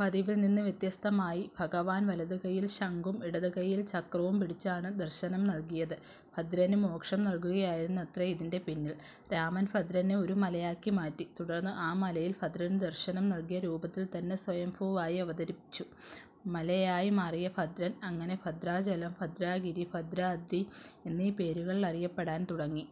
പതിവിൽ നിന്ന് വ്യത്യസ്തമായി ഭഗവാൻ വലതുകയ്യിൽ ശംഖും ഇടതുകയ്യിൽ ചക്രവും പിടിച്ചാണ് ദർശനം നൽകിയത്. ഭദ്രന് മോക്ഷം നൽകുകയായിരുന്നത്രേ ഇതിന്റെ പിന്നിൽ. രാമൻ ഭദ്രനെ ഒരു മലയാക്കി മാറ്റി. തുടർന്ന്, ആ മലയിൽ ഭദ്രന് ദർശനം നൽകിയ രൂപത്തിൽ തന്നെ സ്വയംഭൂവായി അവതരിച്ചു. മലയായി മാറിയ ഭദ്രൻ, അങ്ങനെ 'ഭദ്രാചലം', 'ഭദ്രഗിരി', 'ഭദ്രാദ്രി' എന്നീ പേരുകളിൽ അറിയപ്പെടാൻ തുടങ്ങി.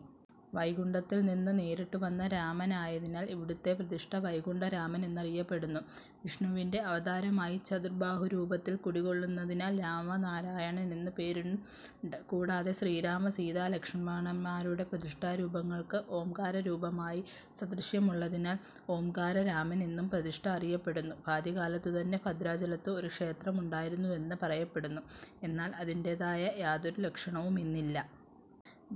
വൈകുണ്ഠത്തിൽ നിന്ന് നേരിട്ടുവന്ന രാമനായതിനാൽ, ഇവിടത്തെ പ്രതിഷ്ഠ 'വൈകുണ്ഠ രാമൻ' എന്നറിയപ്പെടുന്നു. വിഷ്ണുവിന്റെ അവതാരമായി ചതുർബാഹുരൂപത്തിൽ കുടികൊള്ളുന്നതിനാൽ 'രാമനാരായണൻ' എന്നും പേരുണ്ട്. കൂടാതെ, ശ്രീരാമ-സീതാ-ലക്ഷ്മണന്മാരുടെ പ്രതിഷ്ഠാരൂപങ്ങൾക്ക് ഓംകാരരൂപവുമായി സാദൃശ്യമുള്ളതിനാൽ, 'ഓംകാരരാമൻ' എന്നും പ്രതിഷ്ഠ അറിയപ്പെടുന്നു. ആദ്യകാലത്തുതന്നെ ഭദ്രാചലത്ത് ഒരു ക്ഷേത്രമുണ്ടായിരുന്നുവെന്ന് പറയപ്പെടുന്നു. എന്നാൽ, അതിന്റേതായ യാതൊരു ലക്ഷണവും ഇന്നില്ല.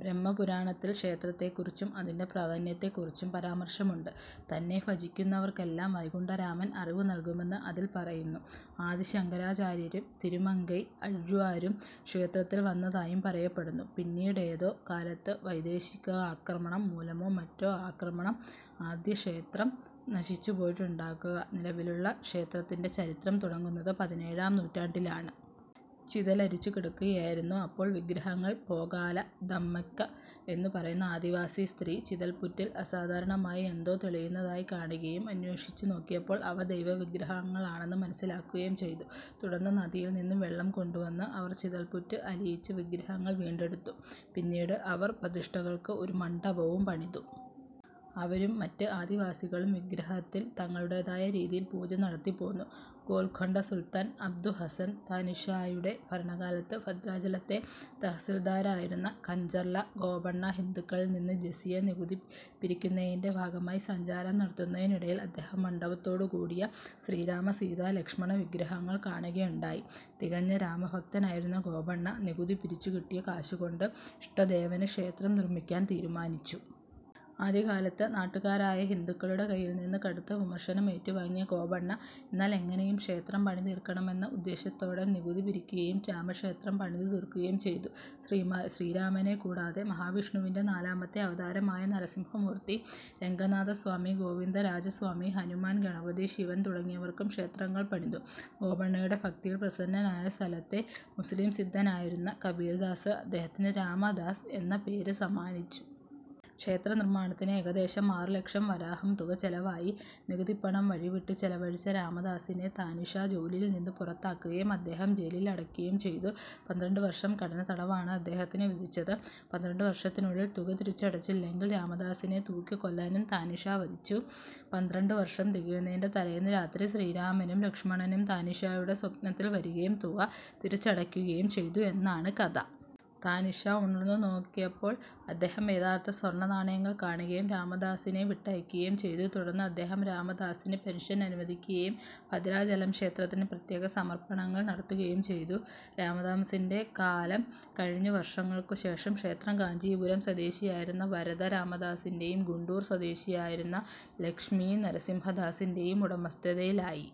ബ്രഹ്മപുരാണത്തിൽ ക്ഷേത്രത്തെക്കുറിച്ചും അതിന്റെ പ്രാധാന്യത്തെക്കുറിച്ചും പരാമർശമുണ്ട്. തന്നെ ഭജിയ്ക്കുന്നവർക്കെല്ലാം വൈകുണ്ഠരാമൻ അറിവു നൽകുമെന്ന് അതിൽ പറയുന്നു. ആദി ശങ്കരാചാര്യരും തിരുമങ്കൈ ആഴ്വാരും ക്ഷേത്രത്തിൽ വന്നതായും പറയപ്പെടുന്നു. പിന്നീടേതോ കാലത്ത് വൈദേശികാക്രമണം മൂലമോ മറ്റോ ആകണം ആദ്യക്ഷേത്രം നശിച്ചുപോയിട്ടുണ്ടാകുക. നിലവിലുള്ള ക്ഷേത്രത്തിന്റെ ചരിത്രം തുടങ്ങുന്നത് പതിനേഴാം നൂറ്റാണ്ടിലാണ്. ചിതലരിച്ചുകിടക്കുകയായിരുന്നു അപ്പോൾ വിഗ്രഹങ്ങൾ. പോകാല ദമ്മക്ക എന്നുപറയുന്ന ആദിവാസി സ്ത്രീ ചിതൽപ്പുറ്റിൽ അസാധാരണമായ എന്തോ തെളിയുന്നതായി കാണുകയും അന്വേഷിച്ചുനോക്കിയപ്പോൾ അവ ദൈവവിഗ്രഹങ്ങളാണെന്ന് മനസ്സിലാക്കുകയും ചെയ്തു. തുടർന്ന്, നദിയിൽ നിന്ന് വെള്ളം കൊണ്ടുവന്ന് അവർ ചിതൽപ്പുറ്റ് അലിയിച്ച് വിഗ്രഹങ്ങൾ വീണ്ടെടുത്തു. പിന്നീട് അവർ പ്രതിഷ്ഠകൾക്ക് ഒരു മണ്ഡപവും പണിതു. അവരും മറ്റ് ആദിവാസികളും വിഗ്രഹത്തിൽ തങ്ങളുടേതായ രീതിയിൽ പൂജ നടത്തിപ്പോന്നു. ഗോൽക്കൊണ്ട സുൽത്താൻ അബ്ദുഹസ്സൻ താനിഷായുടെ ഭരണകാലത്ത്, ഭദ്രാചലത്തെ തഹസിൽദാരായിരുന്ന കഞ്ചർല ഗോപണ്ണ ഹിന്ദുക്കളിൽ നിന്ന് ജസിയ നികുതി പിരിയ്ക്കുന്നതിന്റെ ഭാഗമായി സഞ്ചാരം നടത്തുന്നതിനിടയിൽ, അദ്ദേഹം മണ്ഡപത്തോടുകൂടിയ ശ്രീരാമ-സീതാ-ലക്ഷ്മണവിഗ്രഹങ്ങൾ കാണുകയുണ്ടായി. തികഞ്ഞ രാമഭക്തനായിരുന്ന ഗോപണ്ണ നികുതി പിരിച്ചുകിട്ടിയ കാശുകൊണ്ട് ഇഷ്ടദേവന് ക്ഷേത്രം നിർമ്മിയ്ക്കാൻ തീരുമാനിച്ചു. ആദ്യകാലത്ത് നാട്ടുകാരായ ഹിന്ദുക്കളുടെ കയ്യിൽ നിന്ന് കടുത്ത വിമർശനം ഏറ്റുവാങ്ങിയ ഗോപണ്ണ, എന്നാൽ എങ്ങനെയും ക്ഷേത്രം പണിതീർക്കണമെന്ന ഉദ്ദേശ്യത്തോടെ നികുതി പിരിയ്ക്കുകയും രാമക്ഷേത്രം പണിതുതീർക്കുകയും ചെയ്തു. ശ്രീരാമനെക്കൂടാതെ മഹാവിഷ്ണുവിന്റെ നാലാമത്തെ അവതാരമായ നരസിംഹമൂർത്തി, രംഗനാഥസ്വാമി, ഗോവിന്ദരാജസ്വാമി, ഹനുമാൻ, ഗണപതി, ശിവൻ തുടങ്ങിയവർക്കും ക്ഷേത്രങ്ങൾ പണിതു. ഗോപണ്ണയുടെ ഭക്തിയിൽ പ്രസന്നനായ സ്ഥലത്തെ മുസ്ലിം സിദ്ധനായിരുന്ന കബീർദാസ്, അദ്ദേഹത്തിന് 'രാമദാസ്' എന്ന പേര് സമ്മാനിച്ചു. ക്ഷേത്രനിർമ്മാണത്തിന് ഏകദേശം ആറുലക്ഷം വരാഹം തുക ചെലവായി. നികുതിപ്പണം വഴിവിട്ട് ചെലവഴിച്ച രാമദാസിനെ താനിഷാ ജോലിയിൽ നിന്ന് പുറത്താക്കുകയും അദ്ദേഹത്തെ ജയിലിൽ അടയ്ക്കുകയും ചെയ്തു. പന്ത്രണ്ടുവർഷം കഠിനതടവാണ് അദ്ദേഹത്തിന് വിധിച്ചത്. പന്ത്രണ്ടുവർഷത്തിനുള്ളിൽ തുക തിരിച്ചടച്ചില്ലെങ്കിൽ രാമദാസിനെ തൂക്കിക്കൊല്ലാനും താനിഷാ വിധിച്ചു. പന്ത്രണ്ടുവർഷം തികയുന്നതിന്റെ തലേന്ന് രാത്രി ശ്രീരാമനും ലക്ഷ്മണനും താനിഷായുടെ സ്വപ്നത്തിൽ വരികയും തുക തിരിച്ചടയ്ക്കുകയും ചെയ്തു എന്നാണ് കഥ. താനിഷാ ഉണർന്നുനോക്കിയപ്പോൾ അദ്ദേഹം യഥാർത്ഥ സ്വർണ്ണനാണയങ്ങൾ കാണുകയും രാമദാസിനെ വിട്ടയയ്ക്കുകയും ചെയ്തു. തുടർന്ന് അദ്ദേഹം രാമദാസിന് പെൻഷൻ അനുവദിയ്ക്കുകയും ഭദ്രാചലം ക്ഷേത്രത്തിന് പ്രത്യേക സമർപ്പണങ്ങൾ നടത്തുകയും ചെയ്തു. രാമദാസിന്റെ കാലം കഴിഞ്ഞ് വർഷങ്ങൾക്കുശേഷം, ക്ഷേത്രം കാഞ്ചീപുരം സ്വദേശിയായിരുന്ന വരദ രാമദാസിന്റെയും ഗുണ്ടൂർ സ്വദേശിയായിരുന്ന ലക്ഷ്മീനരസിംഹദാസിന്റെയും ഉടമസ്ഥതയിലായി.